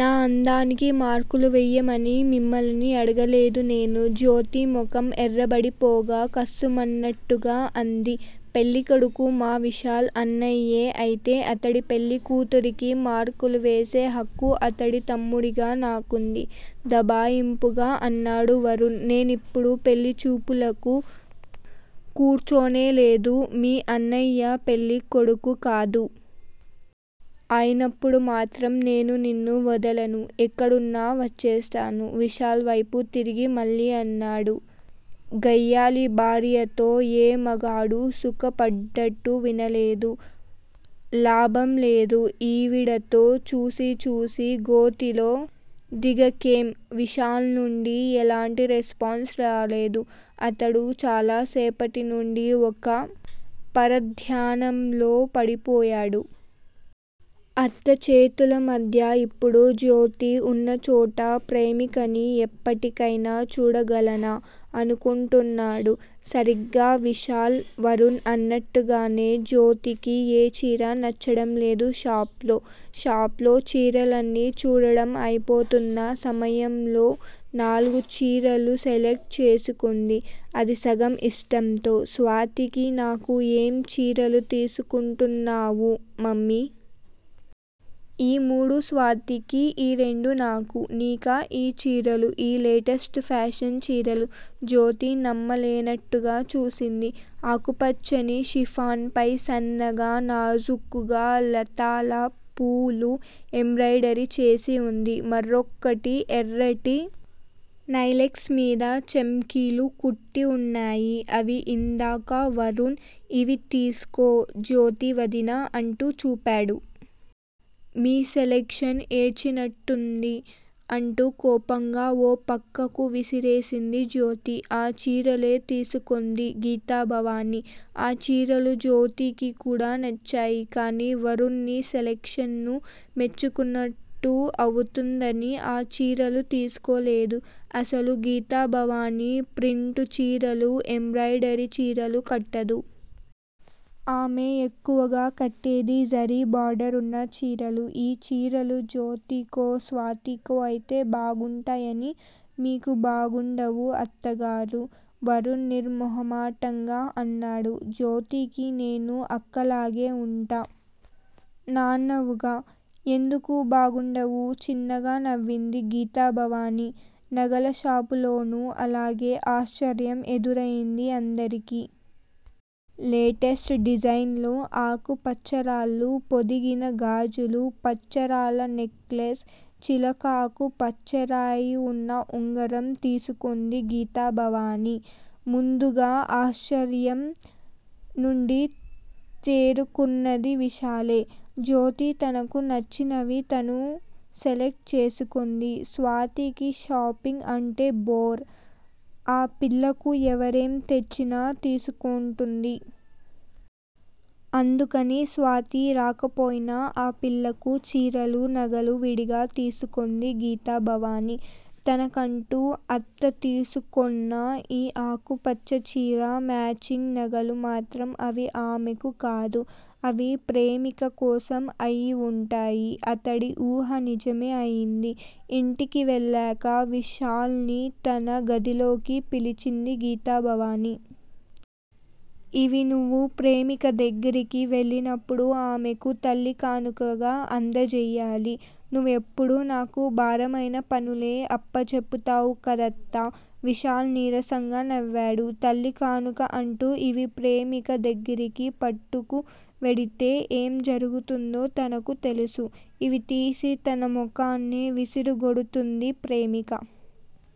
నా అందానికి మార్కులు వెయ్యమని మిమ్మల్ని అడగలేదు నేను. జ్యోతి ముఖం ఎర్రబడిపోగా కస్సుమన్నట్టుగా అంది. పెళ్ళికొడుకు మా విశాల్ అన్నయ్యే అయితే అతడి పెళ్ళి కూతురికి మార్కులు వేసే హక్కు అతడి తమ్ముడిగా నాకుంది! దబాయింపుగా అన్నాడు వరుణ్. నేనిప్పుడు పెళ్ళిచూపులకు కూర్చోనూలేదు! మీ అన్నయ్య పెళ్ళి కొడుకూ కాదు! అయినప్పుడు మాత్రం నేను నిన్ను వదలను! ఎక్కడున్నా వచ్చేస్తాను! విశాల్ వైపు తిరిగి మళ్ళీ అన్నాడు. గయ్యాళి భార్యలతో ఏ మగాడూ సుఖపడ్డట్టు వినలేదు! లాభంలేదు ఈవిడతో. చూసిచూసి గోతిలో దిగకేం? విశాల్ నుండి ఎలాంటి రెస్పాన్స్ రాలేదు. అతడు చాలాసేపటి నుండి ఒక పరధ్యానంలో పడిపోయాడు. అత్త చేతులమధ్య ఇప్పుడు జ్యోతి ఉన్నచోట ప్రేమికని ఎప్పటికైనా చూడగలనా అనుకొంటున్నాడు. సరిగా విశాల్, వరుణ్ అన్నట్టుగానే జ్యోతికి ఏ చీరా నచ్చడంలేదు షాపులో. షాపులో చీరలన్నీ చూడడం అయిపోతున్న సమయంలో నాలుగు చీరలు సెలెక్ట్ చేసుకొంది. అదీ సగం ఇష్టంతో. స్వాతికీ, నాకూ ఏం చీరలు తీసుకొంటున్నావు, మమ్మీ? ఈ మూడు స్వాతికి, ఈ రెండు నాకూ! నీకా ఈ చీరలు? ఈ లేటెస్ట్ ఫాషన్ చీరలు? జ్యోతి నమ్మలేనట్టుగా చూసింది. ఆకుపచ్చని షిపాన్ పై సన్నగా, నాజూకుగా లతలా, పూలూ ఎంబ్రాయిడరీచేసి ఉంది! మరొకటి ఎర్రటి నైలెక్స్ మీద చెమ్కీలు కుట్టిఉన్నాయి! అవి ఇందాకా వరుణ్, ఇవి తీసుకో, జ్యోతి వదినా అంటూ చూపాడు. మీ సెలెక్షన్ ఏడ్చినట్టుంది! అంటూ కోపంగా ఓ ప్రక్కకు విసిరేసింది జ్యోతి. ఆ చీరలే తీసుకొంది గీతాభవాని. ఆ చీరలు జ్యోతికికూడా నచ్చాయి గాని వరుణి సెలెక్షన్ ను మెచ్చుకొన్నట్టు అవుతుందని ఆ చీరలు తీసుకోలేదు! అసలు గీతాభవాని ప్రింటు చీరలు, ఎంబ్రాయిడరీ చీరలు కట్టదు! ఆమె ఎక్కువగా కట్టేది జరీ బార్డర్ ఉన్న చీరలు! ఈ చీరలు జ్యోతికో, స్వాతికో అయితే బాగుంటాయిగాని మీకు బాగుండవు, అత్తగారూ! వరుణ్ నిర్మొహమాటంగా అన్నాడు. జ్యోతికి నేను అక్కలాగే ఉంటా నన్నావుగా? ఎందుకు బాగుండవు? చిన్నగా నవ్వింది గీతాభవాని. నగలషాపులోనూ అలాగే ఆశ్చర్యం ఎదురైంది అందరికీ. లేటెస్ట్ డిజైన్ లో ఆకుపచ్చరాళ్ళు పొదిగిన గాజులు, పచ్చరాళ్ళ నెక్లెస్, చిలకాకు పచ్చరాయి ఉన్న ఉంగరం తీసుకొంది గీతాభవాని. ముందుగా ఆశ్చర్యం నుండి తేరుకొన్నది విశాలే! జ్యోతి తనకు నచ్చినవి తను సెలెక్ట్ చేసుకొంది. స్వాతికి షాపింగ్ అంటే బోర్. ఆ పిల్లకు ఎవరేం తెచ్చినా తీసుకొంటుంది. అందుకని, స్వాతి రాకపోయినా ఆ పిల్లకు చీరలు, నగలు విడిగా తీసుకొంది గీతాభవాని. తనకంటూ అత్తతీసుకొన్న ఈ ఆకుపచ్చ చీరా, మ్యాచింగ్ నగలు మాత్రం అవి ఆమెకు కాదు! అవి ప్రేమిక కోసం అయివుంటాయి! అతడి ఊహ నిజమే అయింది. ఇంటికి వెళ్ళాక విశాల్ ని తన గదిలోకి పిలిచింది గీతాభవాని. ఇవి నువ్వు ప్రేమిక దగ్గరికి వెళ్ళినప్పుడు ఆమెకు తల్లి కానుకగా అంధజేయాలి! నువ్వెప్పుడూ నాకు భారమైన పనులే అప్పజెప్పుతావు కదత్తా! విశాల్ నీరసంగా నవ్వాడు తల్లి కానుక అంటూ ఇవి ప్రేమిక దగ్గరికి పట్టుకు వెడితే ఏం జరుగుతుందో తనకు తెలుసు. ఇవి తీసి తన ముఖానే విసిరికొడుతుంది ప్రేమిక.